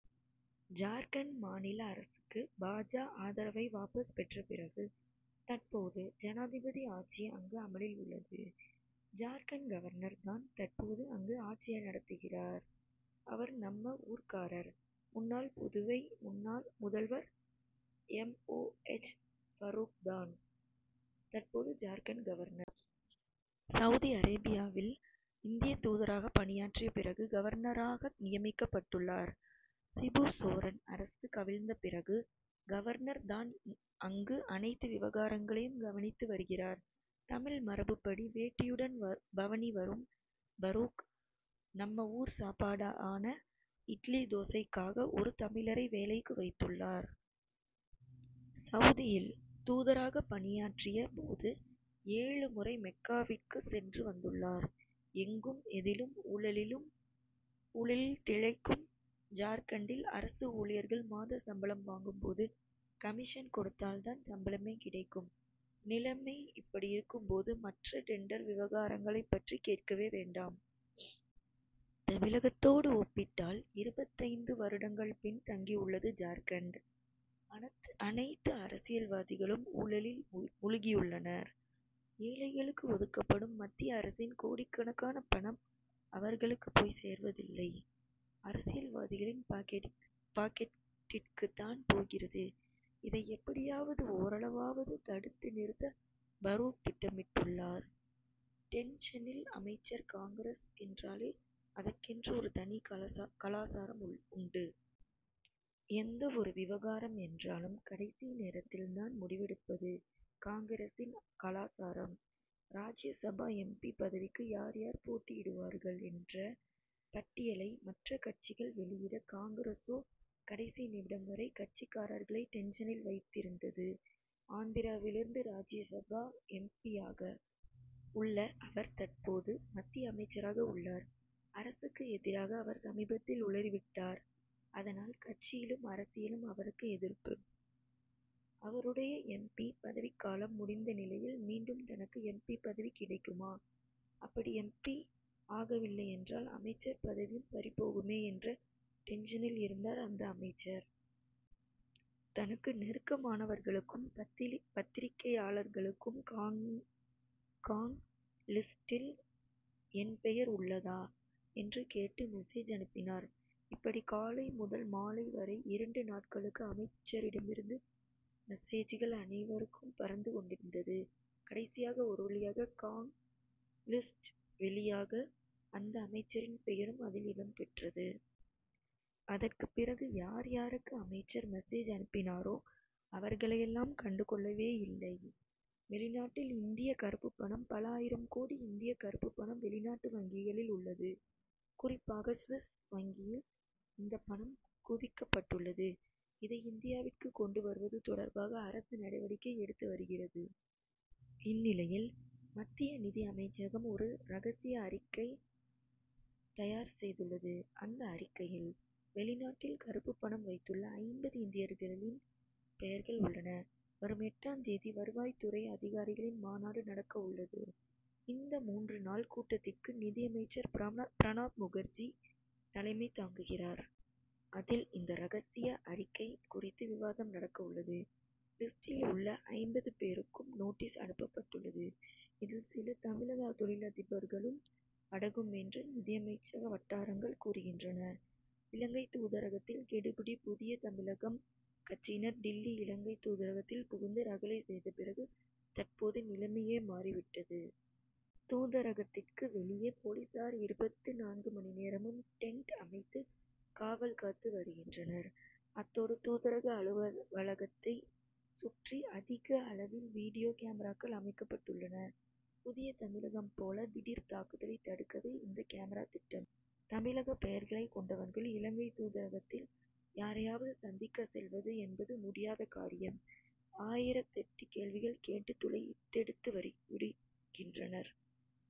ஜார்க்கண்ட் மாநில அரசுக்கு பா. ஜ., ஆதரவை வாபஸ் பெற்ற பிறகு, தற்போது ஜனாதிபதி ஆட்சி அங்கு அமலில் உள்ளது. ஜார்க்கண்ட் கவர்னர் தான் தற்போது அங்கு ஆட்சி நடத்துகிறார். அவர் நம்ம ஊர்க்காரர். முன்னாள் புதுவை முதல்வர் எம். ஓ. எச். பரூக் தான் தற்போது ஜார்க்கண்ட் கவர்னர். சவுதி அரேபியாவில் இந்திய தூதராகப் பணியாற்றிய பிறகு கவர்னராக நியமிக்கப்பட்டுள்ளார். சிபு சோரன் அரசு கவிழ்ந்த பிறகு கவர்னர் தான் அங்கு அனைத்து விவகாரங்களையும் கவனித்து வருகிறார். தமிழ் மரபுப்படி வேட்டியுடன் பவனி வரும் பரூக், நம்ம ஊர் சாப்பாடான இட்லி தோசைக்காக ஒரு தமிழரை வேலைக்கு வைத்துள்ளார். சவுதியில் தூதராகப் பணியாற்றிய போது ஏழு முறை மெக்காவிற்கு சென்று வந்துள்ளார். எங்கும், எதிலும் ஊழலில் திளைக்கும் ஜார்க்கண்டில் அரசு ஊழியர்கள் மாத சம்பளம் வாங்கும் போது, கமிஷன் கொடுத்தால் தான் சம்பளமே கிடைக்கும். நிலைமை இப்படியிருக்கும் போது, மற்ற டெண்டர் விவகாரங்களைப் பற்றி கேட்கவே வேண்டாம். தமிழகத்தோடு ஒப்பிட்டால் இருபத்தைந்து வருடங்கள் பின் தங்கி உள்ளது ஜார்க்கண்ட். அனைத்து அரசியல்வாதிகளும் ஊழலில் முழுகியுள்ளனர். ஏழைகளுக்கு ஒதுக்கப்படும் மத்திய அரசின் கோடிக்கணக்கான பணம் அவர்களுக்கு போய் சேருவதில்லை; அரசியல்வாதிகளின் பாக்கெட்டிற்குத் தான் போகிறது. இதை எப்படியாவது ஓரளவாவது தடுத்து நிறுத்த பரூக் திட்டமிட்டுள்ளார் டென்ஷனில் அமைச்சர் காங்கிரஸ் என்றாலே அதற்கென்று ஒரு தனி கலாசாரம் உண்டு. எந்த ஒரு விவகாரம் என்றாலும் கடைசி நேரத்தில் தான் முடிவெடுப்பது காங்கிரசின் கலாசாரம். ராஜ்யசபா எம். பி., பதவிக்கு யார் யார் போட்டியிடுவார்கள் என்ற பட்டியலை மற்ற கட்சிகள் வெளியிட, காங்கிரசோ கடைசி நிமிடம் வரை கட்சிக்காரர்களை டென்ஷனில் வைத்திருந்தது. ஆந்திராவிலிருந்து ராஜ்யசபா எம். பி.,யாக உள்ள அவர் தற்போது மத்திய அமைச்சராக உள்ளார். அரசுக்கு எதிராக அவர் சமீபத்தில் உளறிவிட்டார். அதனால், கட்சியிலும் அரசிலும் அவருக்கு எதிர்ப்பு. அவருடைய எம். பி., பதவிக்காலம் முடிந்த நிலையில் மீண்டும் தனக்கு எம். பி., பதவி கிடைக்குமா? அப்படி எம். பி., ஆகவில்லையென்றால் அமைச்சர் பதவியும் பறிபோகுமே என்ற டென்ஷனில் இருந்தார் அந்த அமைச்சர். தனக்கு நெருக்கமானவர்களுக்கும், பத்திரிகையாளர்களுக்கும் காங்., லிஸ்டில் என் பெயர் உள்ளதா? என்று கேட்டு மெசேஜ் அனுப்பினார். இப்படி காலை முதல் மாலை வரை, இரண்டு நாட்களுக்கு அமைச்சரிடமிருந்து மெசேஜ்கள் அனைவருக்கும் பறந்து கொண்டிருந்தது. கடைசியாக ஒரு வழியாக காங்., லிஸ்ட் வெளியாக, அந்த அமைச்சரின் பெயரும் அதில் இடம்பெற்றது. அதற்குப் பிறகு, யார் யாருக்கு அமைச்சர் மெசேஜ் அனுப்பினாரோ, அவர்களையெல்லாம் கண்டுகொள்ளவேயில்லை. வெளிநாட்டில் இந்திய கறுப்புப்பணம் பல ஆயிரம் கோடி இந்திய கறுப்புப்பணம் வெளிநாட்டு வங்கிகளில் உள்ளது. குறிப்பாக, சுவிஸ் வங்கிகளில் இந்த பணம் குவிக்கப்பட்டுள்ளது. இதை இந்தியாவிற்கு கொண்டு வருவது தொடர்பாக அரசு நடவடிக்கை எடுத்து வருகிறது. இந்நிலையில், மத்திய நிதி அமைச்சகம் ஒரு ரகசிய அறிக்கை தயார் செய்துள்ளது. அந்த அறிக்கையில் வெளிநாட்டில் கறுப்புப்பணம் வைத்துள்ள ஐம்பது இந்தியர்களின் பெயர்கள் உள்ளன. வரும் எட்டாம் தேதி வருவாய்த்துறை அதிகாரிகளின் மாநாடு நடக்க உள்ளது. இந்த மூன்று நாள் கூட்டத்திற்கு நிதியமைச்சர் பிரணாப் முகர்ஜி தலைமை தாங்குகிறார். அதில், இந்த ரகசிய அறிக்கை குறித்து விவாதம் நடக்க உள்ளது. லிஸ்டில் உள்ள ஐம்பது பேருக்கும் நோட்டீஸ் அனுப்பப்பட்டுள்ளது. இதில், சில தமிழக தொழிலதிபர்களும் அடங்கும் என்று நிதியமைச்சக வட்டாரங்கள் கூறுகின்றன. இலங்கை தூதரகத்தில் கெடுபிடி புதிய தமிழகம் கட்சியினர் டில்லி இலங்கை தூதரகத்தில் புகுந்து ரகளை செய்த பிறகு, தற்போது நிலைமையே மாறிவிட்டது. தூதரகத்திற்கு வெளியே போலீசார் இருபத்து நான்கு மணி நேரமும் டென்ட் அமைத்து காவல் காத்து வருகின்றனர். அத்தோடு தூதரக அலுவலகத்தைச் சுற்றி அதிக அளவில் வீடியோ கேமராக்கள் அமைக்கப்பட்டுள்ளன. புதிய தமிழகம் போல திடீர் தாக்குதலைத் தடுக்கவே இந்த கேமரா திட்டம். தமிழக பெயர்களைக் கொண்டவர்கள், இலங்கை தூதரகத்தில் யாரையாவது சந்திக்க செல்வது என்பது முடியாத காரியம். ஆயிரத்தெட்டு கேள்விகள் கேட்டு துளைத்தெடுத்து விடுகின்றனர்.